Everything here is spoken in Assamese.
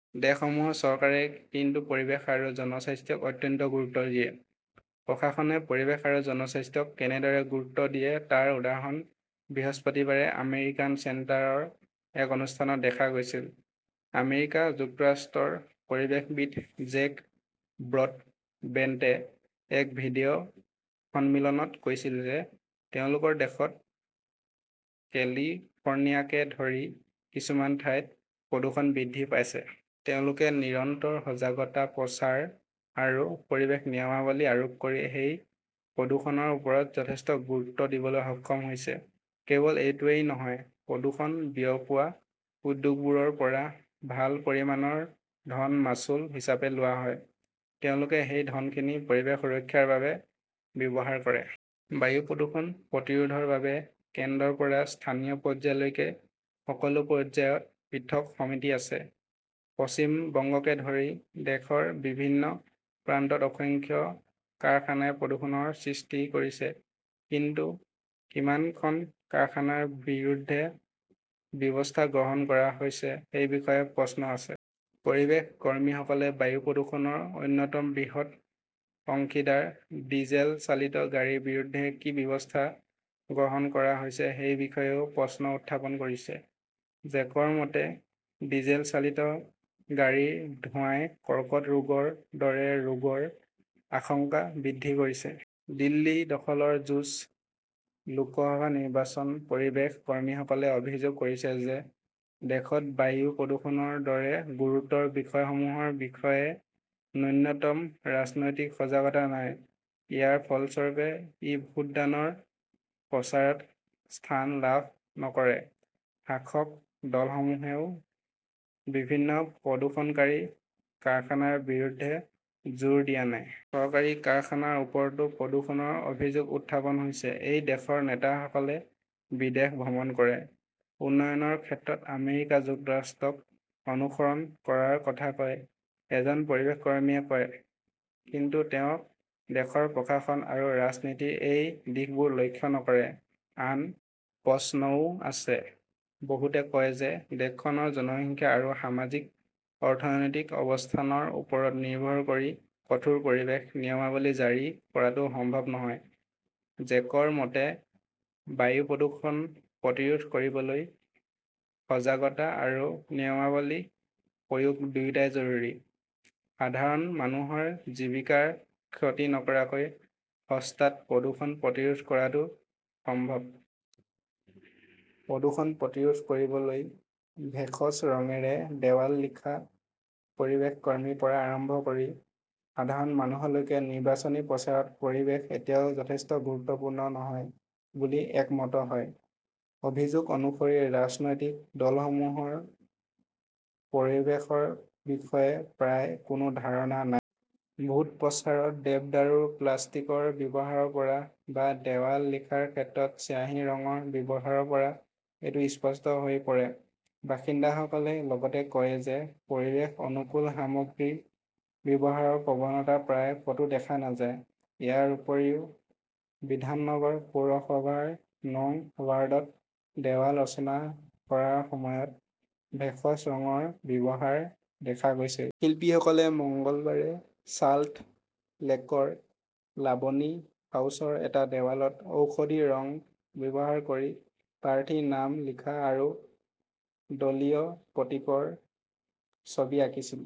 দেশসমূহৰ চৰকাৰে কিন্তু পৰিৱেশ আৰু জনস্বাস্থ্যক অত্যন্ত গুৰুত্ব দিয়ে। প্ৰশাসনে পৰিৱেশ আৰু জনস্বাস্থ্যক কেনেদৰে গুৰুত্ব দিয়ে তাৰ উদাহৰণ বৃহস্পতিবাৰে আমেৰিকান চেণ্টাৰৰ এক অনুষ্ঠানত দেখা গৈছিল। আমেৰিকা যুক্তৰাষ্ট্ৰৰ পৰিৱেশবিদ জেক ব্ৰডবেণ্টে এক ভিডিঅ সন্মিলনত কৈছিল যে তেওঁলোকৰ দেশত কেলিফৰ্ণিয়াকে ধৰি কিছুমান ঠাইত প্ৰদূষণ বৃদ্ধি পাইছে। তেওঁলোকে নিৰন্তৰ সজাগতা প্ৰচাৰ আৰু পৰিৱেশ নিয়মাৱলী আৰোপ কৰি সেই প্ৰদূষণৰ ওপৰত যথেষ্ট গুৰুত্ব দিবলৈ সক্ষম হৈছে। কেৱল এইটোৱেই নহয়, প্ৰদূষণ বিয়পোৱা উদ্যোগবোৰৰ পৰা ভাল পৰিমাণৰ ধন মাচুল হিচাপে লোৱা হয়। তেওঁলোকে সেই ধনখিনি পৰিৱেশ সুৰক্ষাৰ বাবে ব্যৱহাৰ কৰে। বায়ু প্ৰদূষণ প্ৰতিৰোধৰ বাবে কেন্দ্ৰৰ পৰা স্থানীয় পৰ্যায়লৈকে সকলো পৰ্যায়ত পৃথক সমিতি আছে। পশ্চিম বংগকে ধৰি দেশৰ বিভিন্ন প্ৰান্তত অসংখ্য কাৰখানাই প্ৰদূষণৰ সৃষ্টি কৰিছে। কিন্তু কিমান খন কাৰখানাৰ বিৰুদ্ধে ব্যৱস্থা গ্ৰহণ কৰা হৈছে সেই বিষয়ে প্ৰশ্ন আছে। পৰিৱেশ কৰ্মীসকলে বায়ু প্ৰদূষণৰ অন্যতম বৃহৎ অংশীদাৰ ডিজেল চালিত গাড়ীৰ বিৰুদ্ধে কি ব্যৱস্থা গ্ৰহণ কৰা হৈছে সেই বিষয়েও প্ৰশ্ন উত্থাপন কৰিছে। জেকৰ মতে, ডিজেল চালিত গাড়ীৰ ধোঁৱাই কৰ্কট ৰোগৰ দৰে ৰোগৰ আশংকা বৃদ্ধি কৰিছে। দিল্লী দখলৰ যুঁজ, লোকসভা নিৰ্বাচন পৰিৱেশ কৰ্মীসকলে অভিযোগ কৰিছে যে দেশত বায়ু প্ৰদূষণৰ দৰে গুৰুতৰ বিষয়সমূহৰ বিষয়ে ন্যূনতম ৰাজনৈতিক সজাগতা নাই। ইয়াৰ ফলস্বৰূপে ই ভোটদানৰ প্ৰচাৰত স্থান লাভ নকৰে। শাসক দলসমূহেও বিভিন্ন প্ৰদূষণকাৰী কাৰখানাৰ বিৰুদ্ধে জোৰ দিয়া নাই। চৰকাৰী কাৰখানাৰ ওপৰতো প্ৰদূষণৰ অভিযোগ উত্থাপন হৈছে। এই দেশৰ নেতাসকলে বিদেশ ভ্ৰমণ কৰে, উন্নয়নৰ ক্ষেত্ৰত আমেৰিকা যুক্তৰাষ্ট্ৰক অনুসৰণ কৰাৰ কথা কয়, এজন পৰিৱেশ কৰ্মীয়ে কয়। কিন্তু তেওঁ দেশৰ প্ৰশাসন আৰু ৰাজনীতিৰ এই দিশবোৰ লক্ষ্য নকৰে। আন প্ৰশ্নও আছে। বহুতে কয় যে দেশখনৰ জনসংখ্যা আৰু সামাজিক-অৰ্থনৈতিক অৱস্থানৰ ওপৰত নিৰ্ভৰ কৰি কঠোৰ পৰিৱেশ নিয়মাৱলী জাৰি কৰাটো সম্ভৱ নহয়। জেকৰ মতে, বায়ু প্ৰদূষণ প্ৰতিৰোধ কৰিবলৈ সজাগতা আৰু নিয়মাৱলী প্ৰয়োগ দুয়োটাই জৰুৰী। সাধাৰণ মানুহৰ জীৱিকাৰ ক্ষতি নকৰাকৈ সস্তাত প্ৰদূষণ প্ৰতিৰোধ কৰাটো সম্ভৱ। প্ৰদূষণ প্ৰতিৰোধ কৰিবলৈ ভেষজ ৰঙেৰে দেৱাল লিখা পৰিৱেশ কৰ্মীৰ পৰা আৰম্ভ কৰি সাধাৰণ মানুহলৈকে নিৰ্বাচনী প্ৰচাৰত পৰিৱেশ এতিয়াও যথেষ্ট গুৰুত্বপূৰ্ণ নহয় বুলি একমত হয়। অভিযোগ অনুসৰি ৰাজনৈতিক দলসমূহৰ পৰিৱেশৰ বিষয়ে প্ৰায় কোনো ধাৰণা নাই। ভোট প্ৰচাৰত দেৱদাৰুৰ প্লাষ্টিকৰ ব্যৱহাৰৰ পৰা বা দেৱাল লিখাৰ ক্ষেত্ৰত চিয়াঁহী ৰঙৰ ব্যৱহাৰৰ পৰা এইটো স্পষ্ট হৈ পৰে। বাসিন্দাসকলে লগতে কয় যে পৰিৱেশ অনুকূল সামগ্ৰী ব্যৱহাৰৰ প্ৰৱণতা প্ৰায় কতো দেখা নাযায়। ইয়াৰ উপৰিও বিধাননগৰ পৌৰসভাৰ নং ৱাৰ্ডত দেৱাল ৰচনা কৰাৰ সময়ত ভেষজ ৰঙৰ ব্যৱহাৰ দেখা গৈছিল। শিল্পীসকলে মঙলবাৰে চাল্টলেকৰ লাবনী হাউচৰ এটা দেৱালত ঔষধি ৰং ব্যৱহাৰ কৰি প্ৰাৰ্থীৰ নাম লিখা আৰু দলীয় প্ৰতীকৰ ছবি আকিছিল।